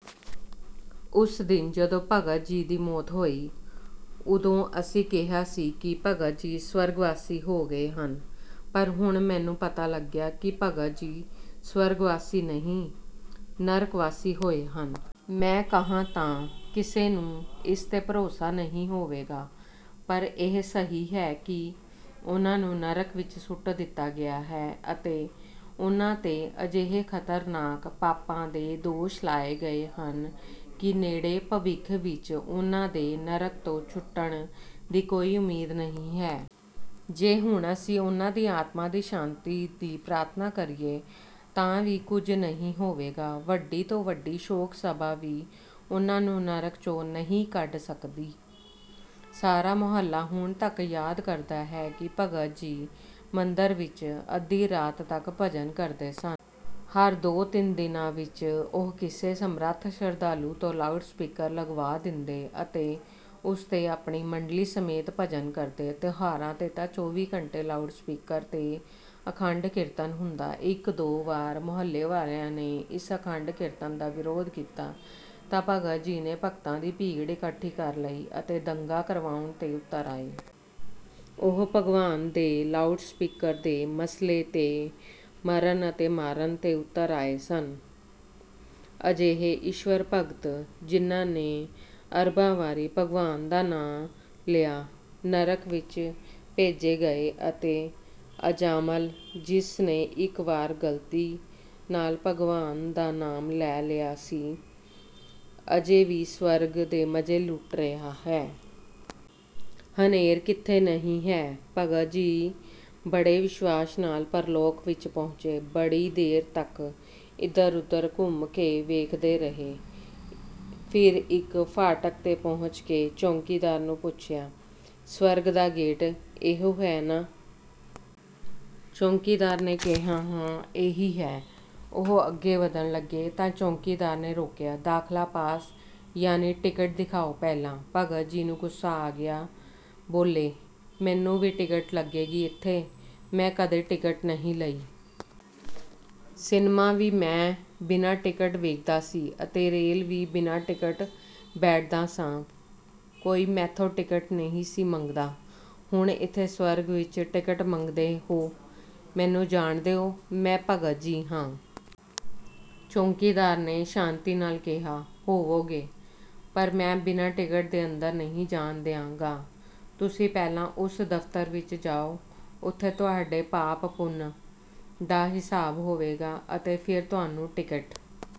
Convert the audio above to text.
ਉਸ ਦਿਨ ਜਦੋਂ ਭਗਤ ਜੀ ਦੀ ਮੌਤ ਹੋਈ, ਉਦੋਂ ਅਸੀਂ ਕਿਹਾ ਸੀ ਕਿ ਭਗਤ ਜੀ ਸਵਰਗਵਾਸੀ ਹੋ ਗਏ ਹਨ। ਪਰ ਹੁਣ ਮੈਨੂੰ ਪਤਾ ਲੱਗਿਆ ਹੈ ਕਿ ਭਗਤ ਜੀ ਸਵਰਗਵਾਸੀ ਨਹੀਂ, ਨਰਕਵਾਸੀ ਹੋਏ ਹਨ। ਮੈਂ ਕਹਾਂ ਤਾਂ ਕਿਸੇ ਨੂੰ ਇਸ 'ਤੇ ਭਰੋਸਾ ਨਹੀਂ ਹੋਵੇਗਾ, ਪਰ ਇਹ ਸਹੀ ਹੈ ਕਿ ਉਨ੍ਹਾਂ ਨੂੰ ਨਰਕ ਵਿੱਚ ਸੁੱਟ ਦਿੱਤਾ ਗਿਆ ਹੈ ਅਤੇ ਉਨ੍ਹਾਂ 'ਤੇ ਅਜਿਹੇ ਖ਼ਤਰਨਾਕ ਪਾਪਾਂ ਦੇ ਦੋਸ਼ ਲਾਏ ਗਏ ਹਨ ਕਿ ਨੇੜੇ ਭਵਿੱਖ ਵਿੱਚ ਉਨ੍ਹਾਂ ਦੇ ਨਰਕ ਤੋਂ ਛੁੱਟਣ ਦੀ ਕੋਈ ਉਮੀਦ ਨਹੀਂ ਹੈ। ਜੇ ਹੁਣ ਅਸੀਂ ਉਨ੍ਹਾਂ ਦੀ ਆਤਮਾ ਦੀ ਸ਼ਾਂਤੀ ਦੀ ਪ੍ਰਾਰਥਨਾ ਕਰੀਏ ਤਾਂ ਵੀ ਕੁਝ ਨਹੀਂ ਹੋਵੇਗਾ। ਵੱਡੀ ਤੋਂ ਵੱਡੀ ਸ਼ੋਕ-ਸਭਾ ਵੀ ਉਨ੍ਹਾਂ ਨੂੰ ਨਰਕ 'ਚੋਂ ਨਹੀਂ ਕੱਢ ਸਕਦੀ। ਸਾਰਾ ਮੁਹੱਲਾ ਹੁਣ ਤੱਕ ਯਾਦ ਕਰਦਾ ਹੈ ਕਿ ਭਗਤ ਜੀ ਮੰਦਿਰ ਵਿੱਚ ਅੱਧੀ ਰਾਤ ਤੱਕ ਭਜਨ ਕਰਦੇ ਸਨ। ਹਰ ਦੋ-ਤਿੰਨ ਦਿਨਾਂ ਵਿੱਚ ਉਹ ਕਿਸੇ ਸਮਰੱਥ ਸ਼ਰਧਾਲੂ ਤੋਂ ਲਾਊਡ ਸਪੀਕਰ ਲਗਵਾ ਦਿੰਦੇ ਅਤੇ ਉਸ 'ਤੇ ਆਪਣੀ ਮੰਡਲੀ ਸਮੇਤ ਭਜਨ ਕਰਦੇ। ਤਿਉਹਾਰਾਂ 'ਤੇ ਤਾਂ ਚੌਵੀ ਘੰਟੇ ਲਾਊਡ ਸਪੀਕਰ 'ਤੇ ਅਖੰਡ ਕੀਰਤਨ ਹੁੰਦਾ। ਇੱਕ-ਦੋ ਵਾਰ ਮੁਹੱਲੇ ਵਾਲਿਆਂ ਨੇ ਇਸ ਅਖੰਡ ਕੀਰਤਨ ਦਾ ਵਿਰੋਧ ਕੀਤਾ ਤਾਂ ਭਗਤ ਜੀ ਨੇ ਭਗਤਾਂ ਦੀ ਭੀੜ ਇਕੱਠੀ ਕਰ ਲਈ ਅਤੇ ਦੰਗਾ ਕਰਵਾਉਣ 'ਤੇ ਉਤਰ ਆਏ। ਉਹ ਭਗਵਾਨ ਦੇ ਲਾਊਡ ਸਪੀਕਰ ਦੇ ਮਸਲੇ 'ਤੇ ਮਰਨ ਅਤੇ ਮਾਰਨ 'ਤੇ ਉਤਰ ਆਏ ਸਨ। ਅਜਿਹੇ ਈਸ਼ਵਰ ਭਗਤ, ਜਿਨ੍ਹਾਂ ਨੇ ਅਰਬਾਂ ਵਾਰੀ ਭਗਵਾਨ ਦਾ ਨਾਂ ਲਿਆ, ਨਰਕ ਵਿੱਚ ਭੇਜੇ ਗਏ ਅਤੇ ਅਜਾਮਲ, ਜਿਸ ਨੇ ਇੱਕ ਵਾਰ ਗ਼ਲਤੀ ਨਾਲ ਭਗਵਾਨ ਦਾ ਨਾਮ ਲੈ ਲਿਆ ਸੀ, ਅਜੇ ਵੀ ਸਵਰਗ ਦੇ ਮਜ਼ੇ ਲੁੱਟ ਰਿਹਾ ਹੈ। ਹਨੇਰ ਕਿੱਥੇ ਨਹੀਂ ਹੈ! ਭਗਤ ਜੀ ਬੜੇ ਵਿਸ਼ਵਾਸ ਨਾਲ ਪ੍ਰਲੋਕ ਵਿੱਚ ਪਹੁੰਚੇ। ਬੜੀ ਦੇਰ ਤੱਕ ਇਧਰ-ਉਧਰ ਘੁੰਮ ਕੇ ਵੇਖਦੇ ਰਹੇ। ਫਿਰ ਇੱਕ ਫਾਟਕ 'ਤੇ ਪਹੁੰਚ ਕੇ ਚੌਕੀਦਾਰ ਨੂੰ ਪੁੱਛਿਆ, "ਸਵਰਗ ਦਾ ਗੇਟ ਇਹੋ ਹੈ ਨਾ?" ਚੌਕੀਦਾਰ ਨੇ ਕਿਹਾ, "ਹਾਂ, ਇਹੀ ਹੈ।" ਉਹ ਅੱਗੇ ਵਧਣ ਲੱਗੇ ਤਾਂ ਚੌਕੀਦਾਰ ਨੇ ਰੋਕਿਆ, "ਦਾਖਲਾ ਪਾਸ, ਯਾਨੀ ਟਿਕਟ ਦਿਖਾਓ ਪਹਿਲਾਂ!" ਭਗਤ ਜੀ ਨੂੰ ਗੁੱਸਾ ਆ ਗਿਆ। ਬੋਲੇ, "ਮੈਨੂੰ ਵੀ ਟਿਕਟ ਲੱਗੇਗੀ ਇੱਥੇ? ਮੈਂ ਕਦੇ ਟਿਕਟ ਨਹੀਂ ਲਈ। ਸਿਨਮਾ ਵੀ ਮੈਂ ਬਿਨਾਂ ਟਿਕਟ ਵੇਖਦਾ ਸੀ ਅਤੇ ਰੇਲ ਵਿੱਚ ਵੀ ਬਿਨਾਂ ਟਿਕਟ ਬੈਠਦਾ ਸਾਂ। ਕੋਈ ਮੈਥੋਂ ਟਿਕਟ ਨਹੀਂ ਸੀ ਮੰਗਦਾ। ਹੁਣ ਇੱਥੇ ਸਵਰਗ ਵਿੱਚ ਟਿਕਟ ਮੰਗਦੇ ਹੋ? ਮੈਨੂੰ ਜਾਣਦੇ ਹੋ? ਮੈਂ ਭਗਤ ਜੀ ਹਾਂ।" ਚੌਕੀਦਾਰ ਨੇ ਸ਼ਾਂਤੀ ਨਾਲ ਕਿਹਾ, "ਹੋਵੋਗੇ। ਪਰ ਮੈਂ ਬਿਨਾਂ ਟਿਕਟ ਅੰਦਰ ਨਹੀਂ ਜਾਣ ਦਿਆਂਗਾ। ਤੁਸੀਂ ਪਹਿਲਾਂ ਉਸ ਦਫ਼ਤਰ ਵਿੱਚ ਜਾਓ। ਉੱਥੇ ਤੁਹਾਡੇ ਪਾਪ-ਪੁੰਨ ਦਾ ਹਿਸਾਬ ਹੋਵੇਗਾ ਅਤੇ ਫਿਰ ਤੁਹਾਨੂੰ ਟਿਕਟ